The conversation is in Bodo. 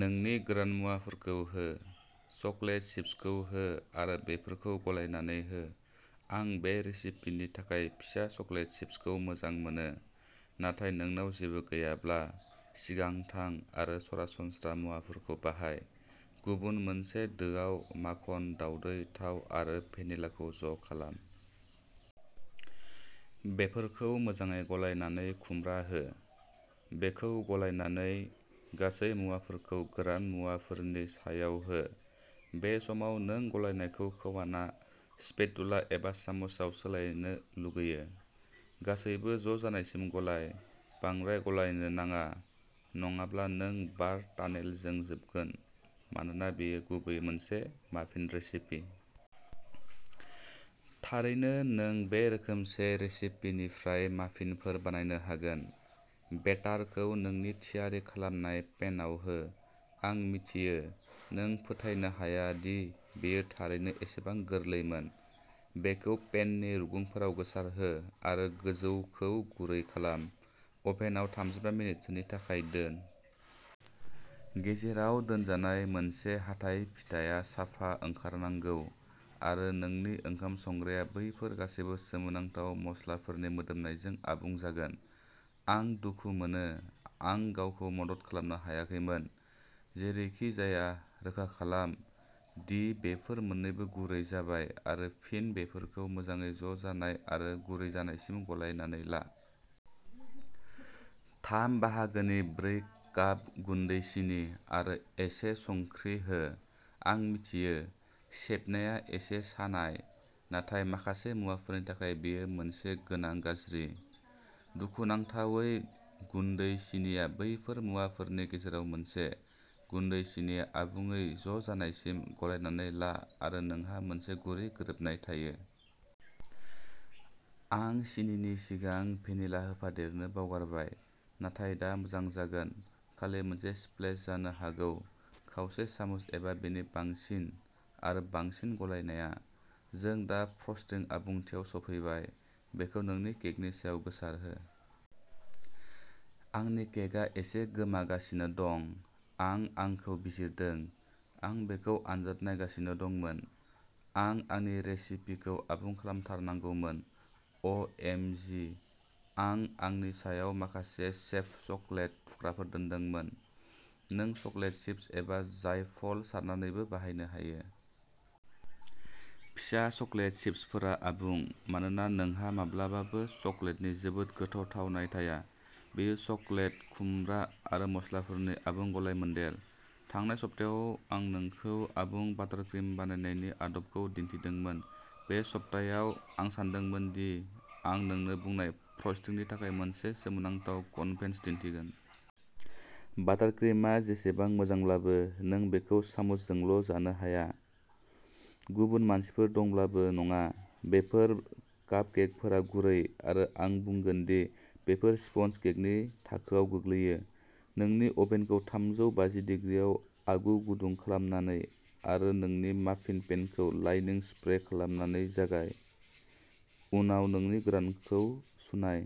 नोंनि गोरान मुवाफोरखौ हो। चकलेट चिप्सखौ हो आरो बेफोरखौ गलायनानै हो। आं बे रेसिपिनि थाखाय फिसा चकलेट चिप्सखौ मोजां मोनो, नाथाय नोंनाव जेबो गैयाब्ला, सिगां थां आरो सरासनस्रा मुवाफोरखौ बाहाय। गुबुन मोनसे दोआव, माखन, दाउदै, थाव आरो भेनिलाखौ ज' खालाम। बेफोरखौ मोजाङै गलायनानै खुमब्रा हो। बेखौ गलायनानै, गासै मुवाफोरखौ गोरान मुवाफोरनि सायाव हो। बे समाव नों गलायनायखौ खोमाना स्पेटुला एबा सामुसआव सोलायनो लुगैयो। गासैबो ज' जानायसिम गलाय। बांद्राय गलायनो नाङा नङाब्ला नों बार टानेलजों जोबगोन मानोना बेयो गुबैयै मोनसे माफिन रेसिपि। थारैनो नों बे रोखोमसे रेसिपिनिफ्राय माफिनफोर बानायनो हागोन। बेटारखौ नोंनि थियारि खालामनाय पेनआव हो। आं मिथियो, नों फोथायनो हाया दि बेयो थारैनो एसेबां गोरलैमोन। बेखौ पेननि रुगुंफोराव गोसारहो आरो गोजौखौ गुरै खालाम। अभेनआव थामजिबा मिनिटसोनि थाखाय दोन। गेजेराव दोनजानाय मोनसे हाथाइ फिथाया साफा ओंखारनांगौ, आरो नोंनि ओंखाम संग्राया बैफोर गासैबो सोमोनांथाव मस्लाफोरनि मोदोमनायजों आबुं जागोन। आं दुखु मोनो आं गावखौ मदद खालामनो हायाखैमोन। जेरैखिजाया, रोखा खालाम दि बेफोर मोननैबो गुरै जाबाय आरो फिन बेफोरखौ मोजाङै ज' जानाय आरो गुरै जानायसिम गलायनानै ला। थाम बाहागोनि ब्रै काप गुन्दै सिनि आरो एसे संख्रि हो। आं मिथियो, सेबनाया एसे सानाय, नाथाय माखासे मुवाफोरनि थाखाय बेयो मोनसे गोनां गाज्रि। दुखुनांथावै, गुन्दै सिनिआ बैफोर मुवाफोरनि गेजेराव मोनसे। गुन्दै सिनिआ आबुङै ज'जानायसिम गलायनानै ला आरो नोंहा मोनसे गुरै गोरोबनाय थायो। आं सिनिनि सिगां भेनिला होफादेरनो बावगारबाय, नाथाय दा मोजां जागोन। खालि मोनसे स्प्लेश जानो हागौ खावसे सामुस एबा बेनि बांसिन। आरो बांसिन गलायनाया। जों दा फ्रस्टिं आबुंथियाव सफैबाय। बेखौ नोंनि केकनि सायाव गोसारहो। आंनि केकआ एसे गोमागासिनो दं। आं आंखौ बिजिरदों। आं बेखौ आनजाद नायगासिनो दंमोन। आं आंनि रेसिपिखौ आबुं खालामथारनांगौमोन। अ एम जि आं आंनि सायाव माखासे शेभ्ड चकलेट थुख्राफोर दोनदोंमोन। नों चकलेट चिप्स एबा जायफल सारनानैबो बाहायनो हायो। फिसा चकलेट चिप्सफोरा आबुं मानोना नोंहा माब्लाबाबो चकलेटनि जोबोद गोथाव थावनाय थाया। बेयो चकलेट, खुमब्रा आरो मस्लाफोरनि आबुं गलायमोन्देर। थांनाय सप्तायाव आं नोंखौ आबुं बाटारक्रिम बानायनायनि आदबखौ दिन्थिदोंमोन। बे सप्तायाव, आं सानदोंमोन दि आं नोंनो बुंनाय फ्रस्टिंनि थाखाय मोनसे सोमोनांथाव कन्भेन्स दिन्थिगोन। बाटारक्रिमआ जेसेबां मोजांब्लाबो, नों बेखौ सामुसजोंल' जानो हाया। गुबुन मानसिफोर दंब्लाबो नङा। बेफोर कापकेकफोरा गुरै आरो आं बुंगोन दि बेफोर स्पन्ज केकनि थाखोआव गोग्लैयो। नोंनि अभेनखौ थामजौ बाजि दिग्रिआव आगु गुदुं खालामनानै आरो नोंनि माफिन पेनखौ लाइनिं स्प्रे खालामनानै जागाय। उनाव नोंनि गोरानखौ सुनाय।